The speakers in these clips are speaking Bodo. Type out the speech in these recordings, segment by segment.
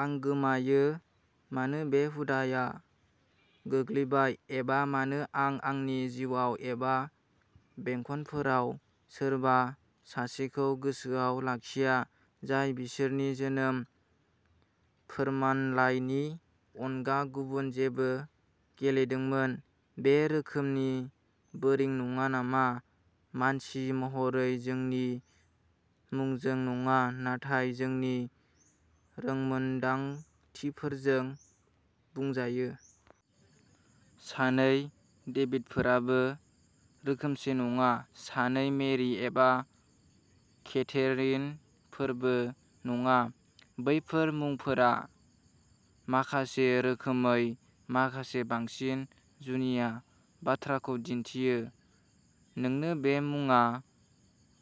आं गोमायो मानो बे हुदाआ गोग्लैबाय, एबा मानो आं आंनि जिउआव एबा बेंखनफोराव सोरबा सासेखौ गोसोआव लाखिया, जाय बिसोरनि जोनोम फोरमानलाइनि अनगा गुबुन जेबो गेलेदोंमोन। बे रोखोमनि बोरिं नङा नामा? मानसि महरै, जोंनि मुंजों नङा, नाथाय जोंनि रोंमोनदांथिफोरजों बुंजायो। सानै डेभिडफोराबो रोखोमसे नङा। सानै मेरि एबा केथेरिनफोरबो नङा। बैफोर मुंफोरा माखासे रोखोमै, माखासे बांसिन जुनिया बाथ्राखौ दिन्थियो। नोंनो बे मुङा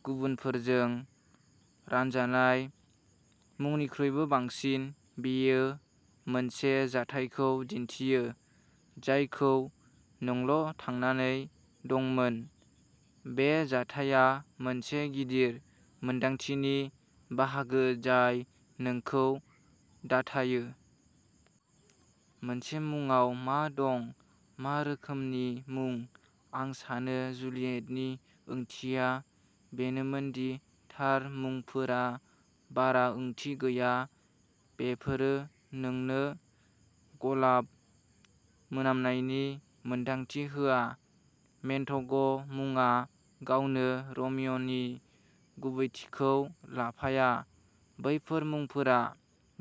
गुबुनफोरजों रानजानाय मुंनिख्रुइबो बांसिन। बेयो मोनसे जाथायखौ दिन्थियो जायखौ नोंल'थांनानै दंमोन। बे जाथायआ मोनसे गिदिर मोनदांथिनि बाहागो जाय नोंखौ दाथायो। मोनसे मुंआव मा दं? मा रोखोमनि मुं? आं सानो जुलियेटनि ओंथिया बेनोमोन दि थार मुंफोरा बारा ओंथि गैया। बेफोरो नोंनो गलाब मोनामनायनि मोनदांथि होआ। मन्टेग'मुङा गावनो र'मिय'नि गुबैथिखौ लाफाया। बैफोर मुंफोरा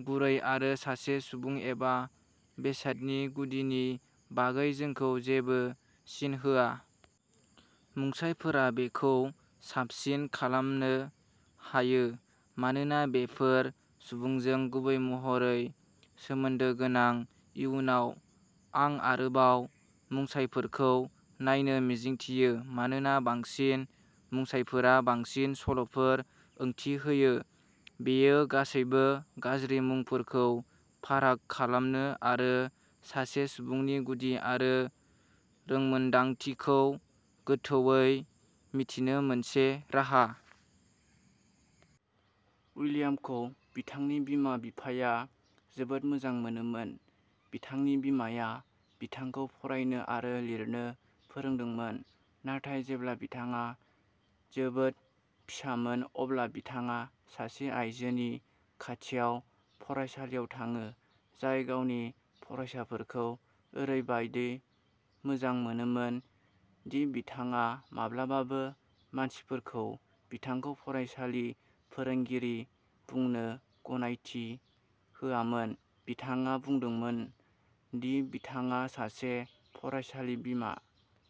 गुरै आरो सासे सुबुं एबा बेसादनि गुदिनि बागै जोंखौ जेबो सिन होआ। मुंसायफोरा बेखौ साबसिन खालामनो हायो मानोना बेफोर सुबुंजों गुबै महरै सोमोन्दो गोनां। इयुनाव, आं आरोबाव मुंसायफोरखौ नायनो मिजिंथियो मानोना बांसिन मुंसायफोरा बांसिन सल'फोर ओंथि होयो। बेयो गासैबो गाज्रि मुंफोरखौ फाराग खालामनो आरो सासे सुबुंनि गुदि आरो रोंमोनदांथिखौ गोथौवै मिथिनो मोनसे राहा।. विलियमखौ बिथांनि बिमा-बिफाया जोबोद मोजां मोनोमोन। बिथांनि बिमाया बिथांखौ फरायनो आरो लिरनो फोरोंदोंमोन, नाथाय जेब्ला बिथाङा जोबोद फिसामोन अब्ला बिथाङा सासे आइजोनि खाथियाव फरायसालियाव थाङो, जाय गावनि फरायसाफोरखौ ओरैबादि मोजां मोनोमोन दि बिथाङा माब्लाबाबो मानसिफोरखौ बिथांखौ फरायसालि-फोरोंगिरि बुंनो गनायथि होआमोन-- बिथाङा बुंदोंमोन दि बिथाङा सासे फरायसालि-बिमा।